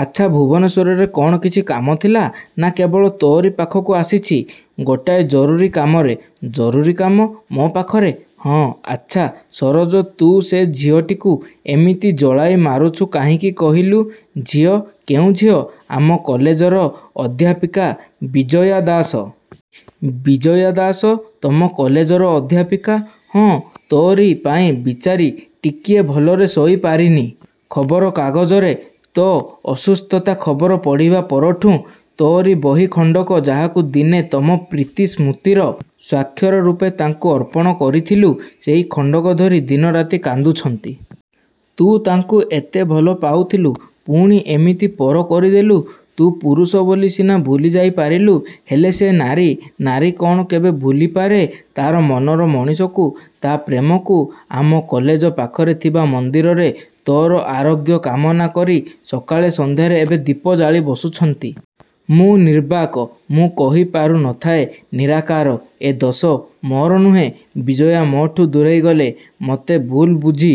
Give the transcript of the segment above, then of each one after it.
ଆଚ୍ଛା ଭୁବନେଶ୍ୱରରେ କ'ଣ କିଛି କାମ ଥିଲା? ନା, କେବଳ ତୋ'ରି ପାଖକୁ ଆସିଛି। ଗୋଟାଏ ଜରୁରୀ କାମରେ।: ଜରୁରୀ କାମ? ମୋ' ପାଖରେ?: ହଁ। ଆଚ୍ଛା ସରୋଜ ତୁ ସେ ଝିଅଟିକୁ ଏମିତି ଜଳାଇ ମାରୁଛୁ କାହିଁକି କହିଲୁ?: ଝିଅ? କେଉଁ ଝିଅ?: ଆମ କଲେଜର ଅଧ୍ୟାପିକା ବିଜୟା ଦାସ।: ବିଜୟା ଦାସ... ତମ କଲେଜର ଅଧ୍ୟାପିକା।: ହଁ, ତୋରି ପାଇଁ ବିଚାରୀ ଟିକିଏ ଭଲରେ ଶୋଇ ପାରିନି। ଖବରକାଗଜରେ ତୋ ଅସୁସ୍ଥତା ଖବର ପଢ଼ିବା ପରଠୁଁ ତୋ'ରି ବହି ଖଣ୍ଡକ, ଯାହାକୁ ଦିନେ ତମ ପ୍ରୀତି–ସ୍ମୃତିର ସ୍ୱାକ୍ଷର ରୂପେ ତାଙ୍କୁ ଅର୍ପଣ କରିଥିଲୁ ସେଇ ଖଣ୍ଡକ ଧରି ଦିନରାତି କାନ୍ଦୁଛନ୍ତି। ତୁ ତାଙ୍କୁ ଏତେ ଭଲ ପାଉଥିଲୁ; ପୁଣି ଏମିତି ପର କରିଦେଲୁ। ତୁ ପୁରୁଷ ବୋଲି ସିନା ଭୁଲିଯାଇ ପାରିଲୁ। ହେଲେ ସେ ନାରୀ... ନାରୀ କ'ଣ କେବେ ଭୁଲିପାରେ ତା'ର ମନର ମଣିଷକୁ, ତା' ପ୍ରେମକୁ! ଆମ କଲେଜ ପାଖରେ ଥିବା ମନ୍ଦିରରେ ତୋର ଆରୋଗ୍ୟ କାମନା କରି ସକାଳେ ସନ୍ଧ୍ୟାରେ ଏବେ ଦୀପ ଜାଳି ବସୁଛନ୍ତି। ମୁଁ ନିର୍ବାକ! ମୁଁ କହିପାରୁ ନଥାଏ–ନିରାକାର, ଏ ଦୋଷ ମୋର ନୁହେଁ; ବିଜୟା ମୋଠୁଁ ଦୂରେଇ ଗଲେ ମୋତେ ଭୁଲ୍ ବୁଝି,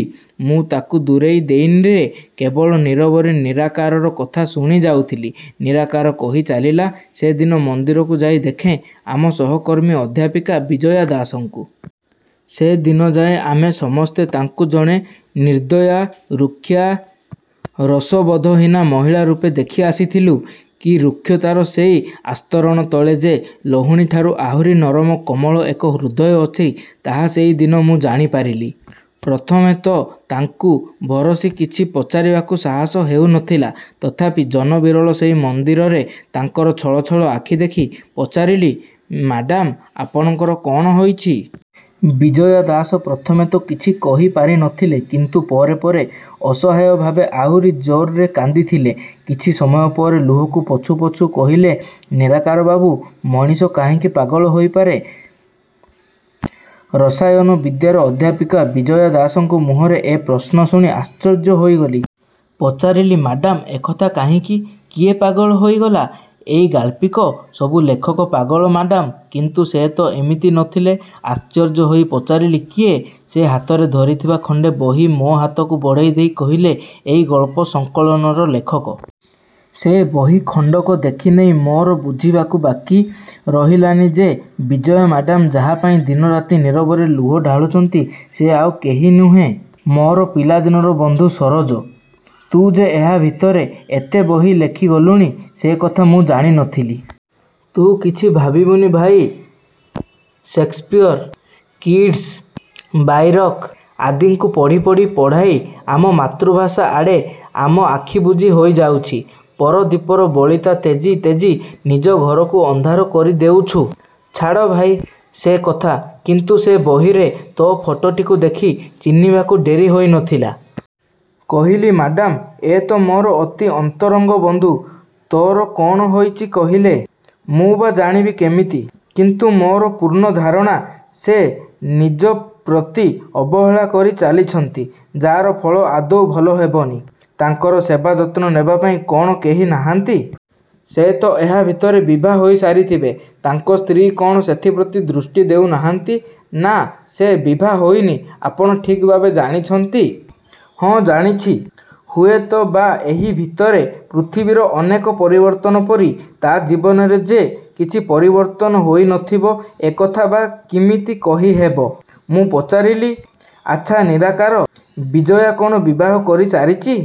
ମୁଁ ତାକୁ ଦୂରେଇ ଦେଇନି ରେ...। କେବଳ ନୀରବରେ ନିରାକାରର କଥା ଶୁଣିଯାଉଥିଲି। ନିରାକାର କହି ଚାଲିଲା–ସେ ଦିନ ମନ୍ଦିରକୁ ଯାଇ ଦେଖେଁ ଆମ ସହକର୍ମୀ ଅଧ୍ୟାପିକା ବିଜୟା ଦାସଙ୍କୁ। ସେଦିନଯାଏ ଆମେ ସମସ୍ତେ ତାଙ୍କୁ ଜଣେ ନିର୍ଦ୍ଦୟା, ରୁକ୍ଷା, ରସବୋଧହୀନା ମହିଳାରୂପେ ଦେଖି ଆସିଥିଲୁ; କି ରୁକ୍ଷତାର ସେଇ ଆସ୍ତରଣ ତଳେ ଯେ ଲହୁଣୀ ଠାରୁ ଆହୁରି ନରମ କୋମଳ ଏକ ହୃଦୟ ଅଛି ତାହା ସେଇ ଦିନ ମୁଁ ଜାଣି ପାରିଲି। ପ୍ରଥମେ ତ ତାଙ୍କୁ ଭରସି କିଛି ପଚାରିବାକୁ ସାହସ ହେଉ ନଥିଲା; ତଥାପି ଜନବିରଳ ସେଇ ମନ୍ଦିରରେ ତାଙ୍କର ଛଳଛଳ ଆଖି ଦେଖି ପଚାରିଲି–ମାଡ଼ାମ୍, ଆପଣଙ୍କର କ'ଣ ହୋଇଛି? ବିଜୟା ଦାସ ପ୍ରଥମେ ତ କିଛି କହି ପାରିନଥିଲେ, କିନ୍ତୁ ପରେ ପରେ ଅସହାୟଭାବେ ଆହୁରି ଜୋର୍ରେ କାନ୍ଦିଥିଲେ। କିଛି ସମୟପରେ ଲୁହକୁ ପୋଛୁ ପୋଛୁ କହିଲେ–ନିରାକାରବାବୁ, ମଣିଷ କାହିଁକି ପାଗଳ ହୋଇପାରେ? ରସାୟନ ବିଦ୍ୟାର ଅଧ୍ୟାପିକା ବିଜୟା ଦାସଙ୍କ ମୁହଁରେ ଏ ପ୍ରଶ୍ନ ଶୁଣି ଆଶ୍ଚର୍ଯ୍ୟ ହୋଇଗଲି। ପଚାରିଲି–ମାଡ଼ାମ୍, ଏକଥା କାହିଁକି? କିଏ ପାଗଳ ହୋଇଗଲା? ଏଇ ଗାଳ୍ପିକ...। ସବୁ ଲେଖକ ପାଗଳ ମାଡ଼ାମ୍। କିନ୍ତୁ ସେ ତ ଏମିତି ନଥିଲେ! ଆଶ୍ଚର୍ଯ୍ୟ ହୋଇ ପଚାରିଲି–କିଏ? ସେ ହାତରେ ଧରିଥିବା ଖଣ୍ଡେ ବହି ମୋ' ହାତକୁ ବଢ଼େଇ ଦେଇ କହିଲେ–ଏଇ ଗଳ୍ପ ସଂକଳନର ଲେଖକ। ସେ ବହି ଖଣ୍ଡିକ ଦେଖିନେଇ ମୋର ବୁଝିବାକୁ ବାକି ରହିଲାନି ଯେ ବିଜୟା ମାଡ଼ାମ୍ ଯାହାପାଇଁ ଦିନ, ରାତି ନୀରବରେ ଲୁହ ଢାଳୁଛନ୍ତି। ସେ ଆଉ କେହି ନୁହେଁ–ମୋର ପିଲାଦିନର ବନ୍ଧୁ ସରୋଜ। ତୁ ଯେ ଏହା ଭିତରେ ଏତେ ବହି ଲେଖି ଗଲୁଣି ସେ କଥା ମୁଁ ଜାଣି ନ ଥିଲି। ତୁ କିଛି ଭାବିବୁନି ଭାଇ ସେକ୍ସପିଅର; କିଟସ୍, ବାଇରକ୍ ଆଦିଙ୍କୁ ପଢ଼ି ପଢ଼ି ପଢ଼ାଇ ଆମ ମାତୃଭାଷା ଆଡ଼େ ଆମ ଆଖିବୁଜି ହୋଇଯାଉଛି। ପର ଦୀପର ବଳିତା ତେଜି ତେଜି ନିଜ ଘରକୁ ଅନ୍ଧାର କରି ଦେଉଛୁ। ଛାଡ଼ ଭାଇ ସେ କଥା; କିନ୍ତୁ ସେ ବହିରେ ତୋ'ଫଟୋଟିକୁ ଦେଖି ଚିହ୍ନିବାକୁ ଡେରି ହୋଇ ନ ଥିଲା। କହିଲି–ମାଡ଼ାମ୍, ଏ ତ ମୋର ଅତି ଅନ୍ତରଙ୍ଗ ବନ୍ଧୁ। ତୋର କ'ଣ ହୋଇଚି କହିଲେ? ମୁଁ ବା ଜାଣିବି କିମିତି? କିନ୍ତୁ ମୋର ପୂର୍ଣ୍ଣଧାରଣା, ସେ ନିଜପ୍ରତି ଅବହେଳା କରି ଚାଲିଛନ୍ତି, ଯା'ର ଫଳ ଆଦୌ ଭଲ ହେବନି। ତାଙ୍କର ସେବା ଯତ୍ନ ନେବାପାଇଁ କ'ଣ କେହି ନାହାନ୍ତି? ସେ ତ ଏହା ଭିତରେ ବିଭା ହୋଇ ସାରିଥିବେ। ତାଙ୍କ ସ୍ତ୍ରୀ କ'ଣ ସେଥିପ୍ରତି ଦୃଷ୍ଟି ଦେଉ ନାହାନ୍ତି?: ନା, ସେ ବିଭା ହୋଇନି।: ଆପଣ ଠିକ୍ ଭାବେ ଜାଣିଛନ୍ତି?: ହଁ, ଜାଣିଛି। ହୁଏତ ବା ଏହି ଭିତରେ ପୃଥିବୀର ଅନେକ ପରିବର୍ତ୍ତନ ପରି ତା'ଜୀବନରେ ଯେ କିଛି ପରିବର୍ତ୍ତନ ହୋଇ ନ ଥିବ, ଏକଥା ବା କିମିତି କହିହେବ? ମୁଁ ପଚାରିଲି–ଆଚ୍ଛା ନିରାକାର ବିଜୟା କ'ଣ ବିବାହ କରି ସାରିଚି?